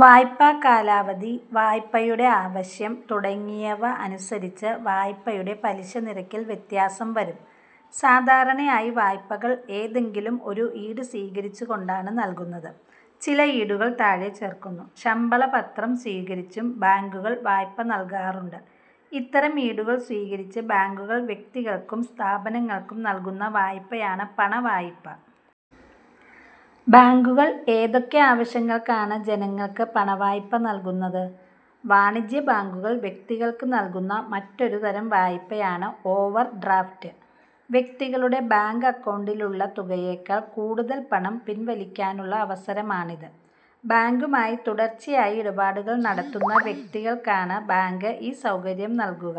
വായ്പാകാലാവധി, വായ്പയുടെ ആവശ്യം തുടങ്ങിയവ അനുസരിച്ച് വായ്പയുടെ പലിശനിരക്കിൽ വ്യത്യാസം വരും. സാധാരണയായി വായ്പകൾ ഏതെങ്കിലും ഒരു ഈട് സ്വീകരിച്ചു കൊണ്ടാണ് നൽകുന്നത്. ചില ഈടുകൾ താഴെ ചേർക്കുന്നു. ശമ്പളപത്രം സ്വീകരിച്ചും ബാങ്കുകൾ വായ്പ നൽകാറുണ്ട്. ഇത്തരം ഈടുകൾ സ്വീകരിച്ച് ബാങ്കുകൾ വ്യക്തികൾക്കും സ്ഥാപ നങ്ങൾക്കും നൽകുന്ന വായ്പയാണ് പണവായ്പ. ബാങ്കുകൾ ഏതൊക്കെ ആവശ്യങ്ങൾക്കാണ് ജനങ്ങൾക്ക് പണവായ്പ നൽകുന്നത്? വാണിജ്യബാങ്കുകൾ വ്യക്തികൾക്കു നൽകുന്ന മറ്റൊരു തരം വായ്പയാണ് ഓവർഡ്രാഫ്റ്റ്. വ്യക്തികളുടെ ബാങ്ക് അക്കൗണ്ടിലുള്ള തുകയേക്കാൾ കൂടുതൽ പണം പിൻവലിക്കാനുള്ള അവസരമാണിത്. ബാങ്കുമായി തുടർച്ചയായി ഇടപാടുകൾ നടത്തുന്ന വ്യക്തികൾക്കാണ് ബാങ്ക് ഈ സൗകര്യം നൽകുക.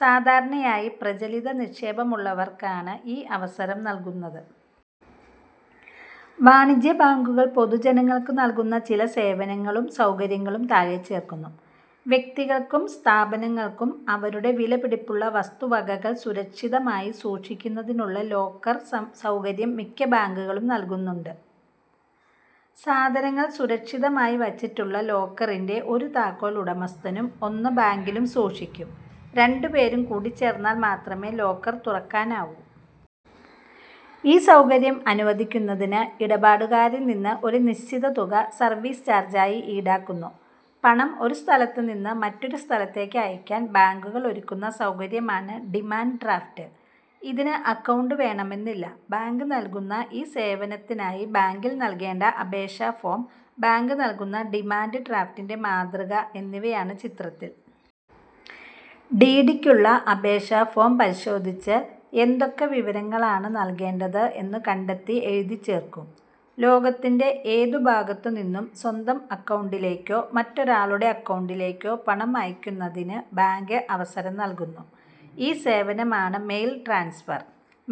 സാധാരണയായി പ്രചലിത നിക്ഷേപമുള്ളവർക്കാണ് ഈ അവസരം നൽകുന്നത്. വാണിജ്യബാങ്കുകൾ പൊതുജനങ്ങൾക്കു നൽകുന്ന ചില സേവനങ്ങളും സൗകര്യങ്ങളും താഴെ ചേർക്കുന്നു. വ്യക്തികൾക്കും സ്ഥാപനങ്ങൾക്കും അവരുടെ വിലപിടിപ്പുള്ള വസ്തുവ കകൾ സുരക്ഷിതമായി സൂക്ഷിക്കുന്നതിനുള്ള ലോക്കർ സൗകര്യം മിക്ക ബാങ്കുകളും നൽകുന്നുണ്ട്. സാധനങ്ങൾ സുരക്ഷിതമായി വച്ചിട്ടുള്ള ലോക്കറിന്റെ ഒരു താക്കോൽ ഉടമസ്ഥനും ഒന്ന് ബാങ്കിലും സൂക്ഷിക്കും. രണ്ടുപേരും കൂടിച്ചേർന്നാൽ മാത്രമേ ലോക്കർ തുറക്കാനാവൂ. ഈ സൗകര്യം അനുവദിക്കുന്നതിന് ഇടപാടുകാരിൽനിന്ന് ഒരു നിശ്ചിത തുക സർവീസ് ചാർജായി ഈടാക്കുന്നു. പണം ഒരു സ്ഥലത്തുനിന്ന് മറ്റൊരു സ്ഥലത്തേക്ക് അയക്കാൻ ബാങ്കുകൾ ഒരുക്കുന്ന സൗകര്യമാണ് ഡിമാന്റ് ഡ്രാഫ്റ്റ്. ഇതിന് അക്കൗണ്ട് വേണമെന്നില്ല. ബാങ്ക് നൽകുന്ന ഈ സേവനത്തിനായി ബാങ്കിൽ നൽകേണ്ട അപേക്ഷാഫോം, ബാങ്ക് നൽകുന്ന ഡിമാന്റ് ഡ്രാഫ്റ്റിന്റെ മാതൃക എന്നിവയാണ് ചിത്രത്തിൽ. ഡി. ഡിക്കുള്ള അപേക്ഷാ ഫോം പരിശോധിച്ച് എന്തൊക്കെ വിവരങ്ങളാണ് നൽകേണ്ടത് എന്നു കണ്ടെത്തി എഴുതിച്ചേർക്കൂ. ലോകത്തിന്റെ ഏതു ഭാഗത്തു നിന്നും സ്വന്തം അക്കൗണ്ടിലേക്കോ മറ്റൊരാളുടെ അക്കൗണ്ടിലേക്കോ പണം അയക്കുന്നതിന് ബാങ്ക് അവസരം നൽകുന്നു. ഈ സേവനമാണ് മെയിൽ ട്രാൻസ്ഫർ.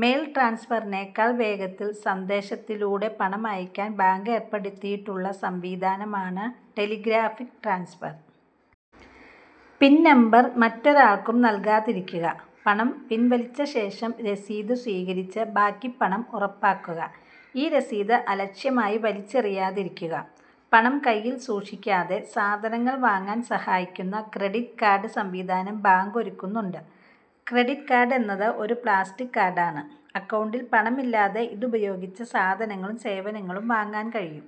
മെയിൽ ട്രാൻസ്ഫറിനേക്കാൾ വേഗത്തിൽ സന്ദേശത്തിലൂടെ പണം അയയ്ക്കാൻ ബാങ്ക് ഏർപ്പെടുത്തിയിട്ടുള്ള സംവിധാനമാണ് ടെലിഗ്രാഫിക് ട്രാൻസ്ഫർ. പിൻ നമ്പർ മറ്റൊരാൾക്കും നൽകാതിരിക്കുക. പണം പിൻവലിച്ചശേഷം രസീത് സ്വീകരിച്ച് ബാക്കി പണം ഉറപ്പാക്കുക. ഈ രസീത് അലക്ഷ്യമായി വലിച്ചെറിയാതിരിക്കുക. പണം കൈയിൽ സൂക്ഷിക്കാതെ സാധനങ്ങൾ വാങ്ങാൻ സഹായിക്കുന്ന ക്രെഡിറ്റ് കാർഡ് സംവിധാനം ബാങ്ക് ഒരുക്കുന്നുണ്ട്. ക്രെഡിറ്റ് കാർഡ് എന്നത് ഒരു പ്ലാസ്റ്റിക് കാർഡാണ്. അക്കൗണ്ടിൽ പണമില്ലാതെ ഇതുപയോഗിച്ച് സാധനങ്ങളും സേവനങ്ങളും വാങ്ങാൻ കഴിയും.